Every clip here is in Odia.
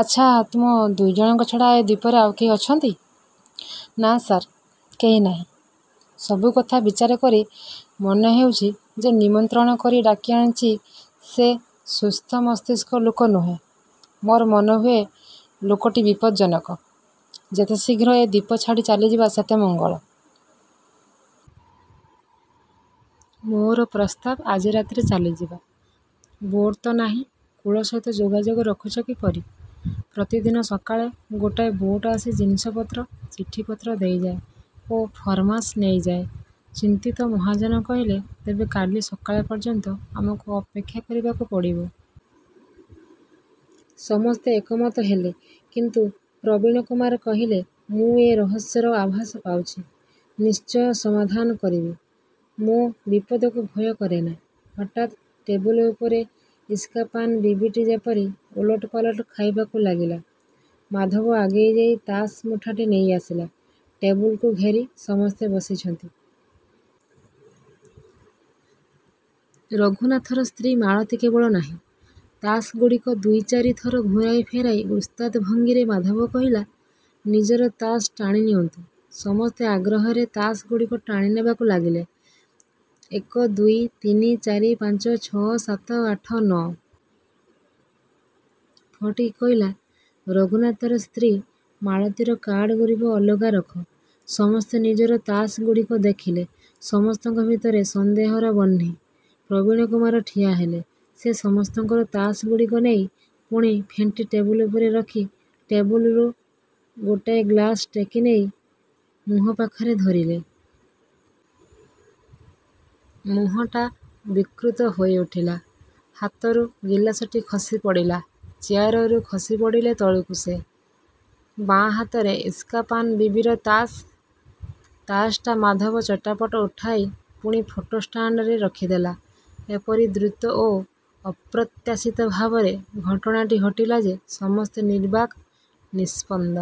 ଆଚ୍ଛା, ତମ ଦୁଇ ଜଣଙ୍କ ଛଡ଼ା ଏ ଦ୍ୱୀପରେ ଆଉ କେହି ଅଛନ୍ତି? ନା ସାର୍, କେହି ନାହିଁ। ସବୁକଥା ବିଚାର କରି, ମନେହେଉଛି, ଯେ ନିମନ୍ତ୍ରଣ କରି ଡାକିଆଣିଛି ସେ ସୁସ୍ଥମସ୍ତିଷ୍କ ଲୋକ ନୁହେଁ। ମୋର ମନେହୁଏ, ଲୋକଟି ବିପଜ୍ଜନକ। ଯେତେଶୀଘ୍ର ଏ ଦ୍ଵୀପ ଛାଡ଼ି ଚାଲିଯିବା ସେତେ ମଙ୍ଗଳ। ମୋର ପ୍ରସ୍ତାବ, ଆଜି ରାତିରେ ଚାଲିଯିବା। ବୋଟ୍ ତ ନାହିଁ। କୂଳ ସହିତ ଯୋଗାଯୋଗ ରଖୁଛ କିପରି? ପ୍ରତିଦିନ ସକାଳେ ଗୋଟାଏ ବୋଟ୍ ଆସି ଜିନିଷପତ୍ର, ଚିଠିପତ୍ର ଦେଇଯାଏ ଓ ଫରମାସ ନେଇଯାଏ। ଚିନ୍ତିତ ମହାଜନ କହିଲେ, ତେବେ କାଲି ସକାଳ ପର୍ଯ୍ୟନ୍ତ, ଆମକୁ ଅପେକ୍ଷା କରିବାକୁ ପଡ଼ିବ। ସମସ୍ତେ ଏକମତ ହେଲେ କିନ୍ତୁ ପ୍ରବୀଣକୁମାର କହିଲେ, ମୁଁ ଏ ରହସ୍ୟର ଆଭାସ ପାଉଛି। ନିଶ୍ଚୟ ସମାଧାନ କରିବି। ମୁଁ ବିପଦକୁ ଭୟ କରେନା। ହଠାତ୍ ଟେବୁଲ ଉପରେ ଇସ୍କାପାନ ବିବିଟି ଯେପରି ଓଲଟପାଲଟ ଖାଇବାକୁ ଲାଗିଲା। ମାଧବ ଆଗେଇଯାଇ ତାସ୍ ମୁଠାଟି ନେଇଆସିଲା। ଟେବୁଲକୁ ଘେରି ସମସ୍ତେ ବସିଛନ୍ତି। ରଘୁନାଥର ସ୍ତ୍ରୀ ମାଳତୀ କେବଳ ନାହିଁ। ତାସ୍ ଗୁଡ଼ିକ ଦୁଇ ଚାରି ଥର ଘୂରାଇ ଫେରାଇ ଓସ୍ତାଦ୍ ଭଙ୍ଗୀରେ ମାଧବ କହିଲା, ନିଜର ତାସ୍ ଟାଣିନିଅନ୍ତୁ। ସମସ୍ତେ ଆଗ୍ରହରେ ତାସ୍ ଗୁଡ଼ିକ ଟାଣିନେବାକୁ ଲାଗିଲେ, ଏକ ଦୁଇ ତିନି ଚାରି ପାଞ୍ଚ ଛଅ ସାତ ଆଠ ନଅ। ଫଟିକ୍ କହିଲା, ରଘୁନାଥର ସ୍ତ୍ରୀ ମାଳତୀର କାର୍ଡ଼ଗୁଡ଼ିକ ଅଲଗା ରଖ। ସମସ୍ତେ ନିଜର ତାସ୍ ଗୁଡ଼ିକ ଦେଖିଲେ। ସମସ୍ତଙ୍କ ଭିତରେ ସନ୍ଦେହର ବହ୍ନି। ପ୍ରବୀଣକୁମାର ଠିଆହେଲେ। ସେ ସମସ୍ତଙ୍କର ତାସ୍ ଗୁଡ଼ିକ ନେଇ ପୁଣି ଫେଣ୍ଟି ଟେବୁଲ ଉପରେ ରଖି ଟେବୁଲରୁ ଗୋଟାଏ ଗ୍ଲାସ୍ ଟେକିନେଇ ମୁହଁ ପାଖରେ ଧରିଲେ। ମୁହଁଟା ବିକୃତ ହୋଇଉଠିଲା। ହାତରୁ ଗିଲାସଟି ଖସିପଡ଼ିଲା। ଚେୟାରରୁ ଖସିପଡ଼ିଲେ ତଳକୁ ସେ। ବାଁ ହାତରେ ଇସ୍କାପାନ ବିବିର ତାସ୍। ତାସ୍ ଟା ମାଧବ ଚଟାପଟ ଉଠାଇ ପୁଣି ଫଟୋ ଷ୍ଟାଣ୍ଡରେ ରଖିଦେଲା। ଏପରି ଦ୍ରୁତ ଓ ଅପ୍ରତ୍ୟାଶିତ ଭାବରେ ଘଟଣାଟି ଘଟିଲା ଯେ ସମସ୍ତେ ନିର୍ବାକ୍, ନିସ୍ପନ୍ଦ।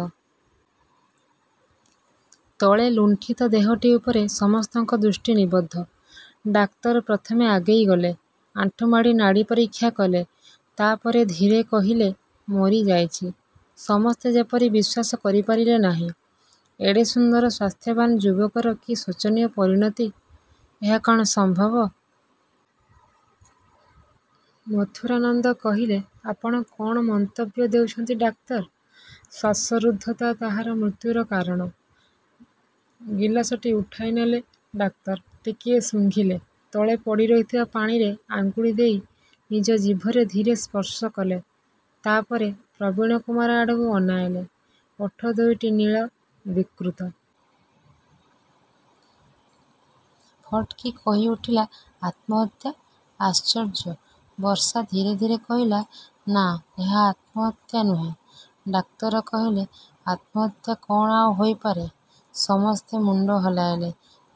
ତଳେ ଲୁଣ୍ଠିତ ଦେହଟି ଉପରେ ସମସ୍ତଙ୍କ ଦୃଷ୍ଟି ନିବଦ୍ଧ। ଡାକ୍ତର ପ୍ରଥମେ ଆଗେଇଗଲେ। ଆଣ୍ଠୁମାଡ଼ି ନାଡ଼ି ପରୀକ୍ଷା କଲେ। ତା ପରେ ଧୀରେ କହିଲେ, ମରିଯାଇଛି। ସମସ୍ତେ ଯେପରି ବିଶ୍ୱାସ କରିପାରିଲେ ନାହିଁ। ଏଡ଼େ ସୁନ୍ଦର ସ୍ୱାସ୍ଥ୍ୟବାନ୍ ଯୁବକର କି ଶୋଚନୀୟ ପରିଣତି। ଏହା କଣ ସମ୍ଭବ? ମଥୁରାନନ୍ଦ କହିଲେ, ଆପଣ କଣ ମନ୍ତବ୍ୟ ଦେଉଛନ୍ତି ଡାକ୍ତର? ଶ୍ୱାସରୁଦ୍ଧତା ତାହାର ମୃତ୍ୟୁର କାରଣ। ଗିଲାସଟି ଉଠାଇନେଲେ ଡାକ୍ତର। ଟିକିଏ ଶୁଙ୍ଘିଲେ। ତଳେ ପଡ଼ିରହିଥିବା ପାଣିରେ ଅଙ୍ଗୁଳି ଦେଇ ନିଜ ଜିଭରେ ଧୀରେ ସ୍ପର୍ଶ କଲେ। ତା ପରେ ପ୍ରବୀଣକୁମାର ଆଡ଼କୁ ଅନାଇଲେ। ଓଠ ଦୁଇଟି ନୀଳ, ବିକୃତ। ଫଟିକ୍ କହିଉଠିଲା, ଆତ୍ମହତ୍ୟା, ଆଶ୍ଚର୍ଯ୍ୟ। ବର୍ଷା ଧୀରେ ଧୀରେ କହିଲା, ନା, ଏହା ଆତ୍ମହତ୍ୟା ନୁହେଁ। ଡାକ୍ତର କହିଲେ, ଆତ୍ମହତ୍ୟା କଣ ଆଉ ହୋଇପାରେ? ସମସ୍ତେ ମୁଣ୍ଡ ହଲାଇଲେ।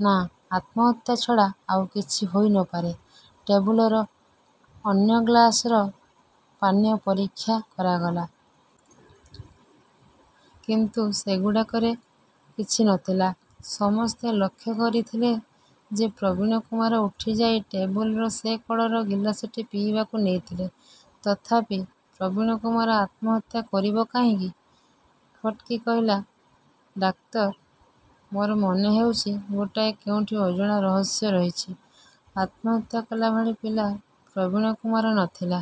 ନା, ଆତ୍ମହତ୍ୟା ଛଡ଼ା ଆଉ କିଛି ହୋଇ ନ ପାରେ। ଟେବୁଲର ଅନ୍ୟ ଗ୍ଲାସର ପାନୀୟ ପରୀକ୍ଷା କରାଗଲା। କିନ୍ତୁ ସେଗୁଡ଼ାକରେ କିଛି ନ ଥିଲା। ସମସ୍ତେ ଲକ୍ଷ୍ୟ କରିଥିଲେ ଯେ ପ୍ରବୀଣକୁମାର ଉଠିଯାଇ ଟେବୁଲର ସେ କଡ଼ର ଗିଲାସଟି ପିଇବାକୁ ନେଇଥିଲେ। ତଥାପି, ପ୍ରବୀଣକୁମାର ଆତ୍ମହତ୍ୟା କରିବ କାହିଁକି? ଫଟିକ୍ କହିଲା, ଡାକ୍ତର, ମୋର ମନେହେଉଛି ଗୋଟାଏ କେଉଁଠି ଅଜଣା ରହସ୍ୟ ରହିଛି। ଆତ୍ମହତ୍ୟା କଲାଭଳି ପିଲା ପ୍ରବୀଣକୁମାର ନ ଥିଲା।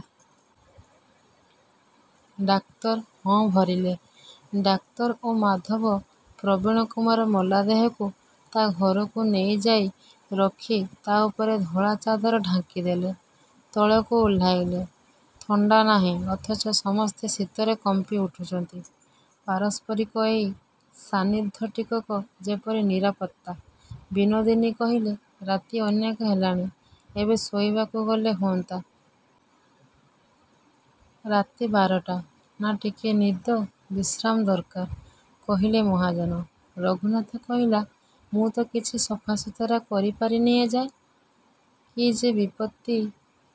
ଡାକ୍ତର ହଁ ଭରିଲେ। ଡାକ୍ତର ଓ ମାଧବ ପ୍ରବୀଣକୁମାର ମଲା ଦେହକୁ ତା ଘରକୁ ନେଇଯାଇ ରଖି ତା ଉପରେ ଧଳା ଚାଦର ଢାଙ୍କିଦେଲେ। ତଳକୁ ଓହ୍ଲାଇଲେ। ଥଣ୍ଡା ନାହିଁ ଅଥଚ ସମସ୍ତେ ଶୀତରେ କମ୍ପିଉଠୁଛନ୍ତି। ପାରସ୍ପରିକ ଏହି ସାନ୍ନିଧ୍ୟ ଟିକକ ଯେପରି ନିରାପତ୍ତା। ବିନୋଦିନୀ କହିଲେ, ରାତି ଅନେକ ହେଲାଣି, ଏବେ ଶୋଇବାକୁ ଗଲେ ହୁଅନ୍ତା? ରାତି ବାରଟା, ନା ଟିକିଏ ନିଦ, ବିଶ୍ରାମ ଦରକାର, କହିଲେ ମହାଜନ। ରଘୁନାଥ କହିଲା, ମୁଁ ତ କିଛି ସଫାସୁତୁରା କରିପାରିନି ଏ ଯାଏଁ। କି ଯେ ବିପତ୍ତି!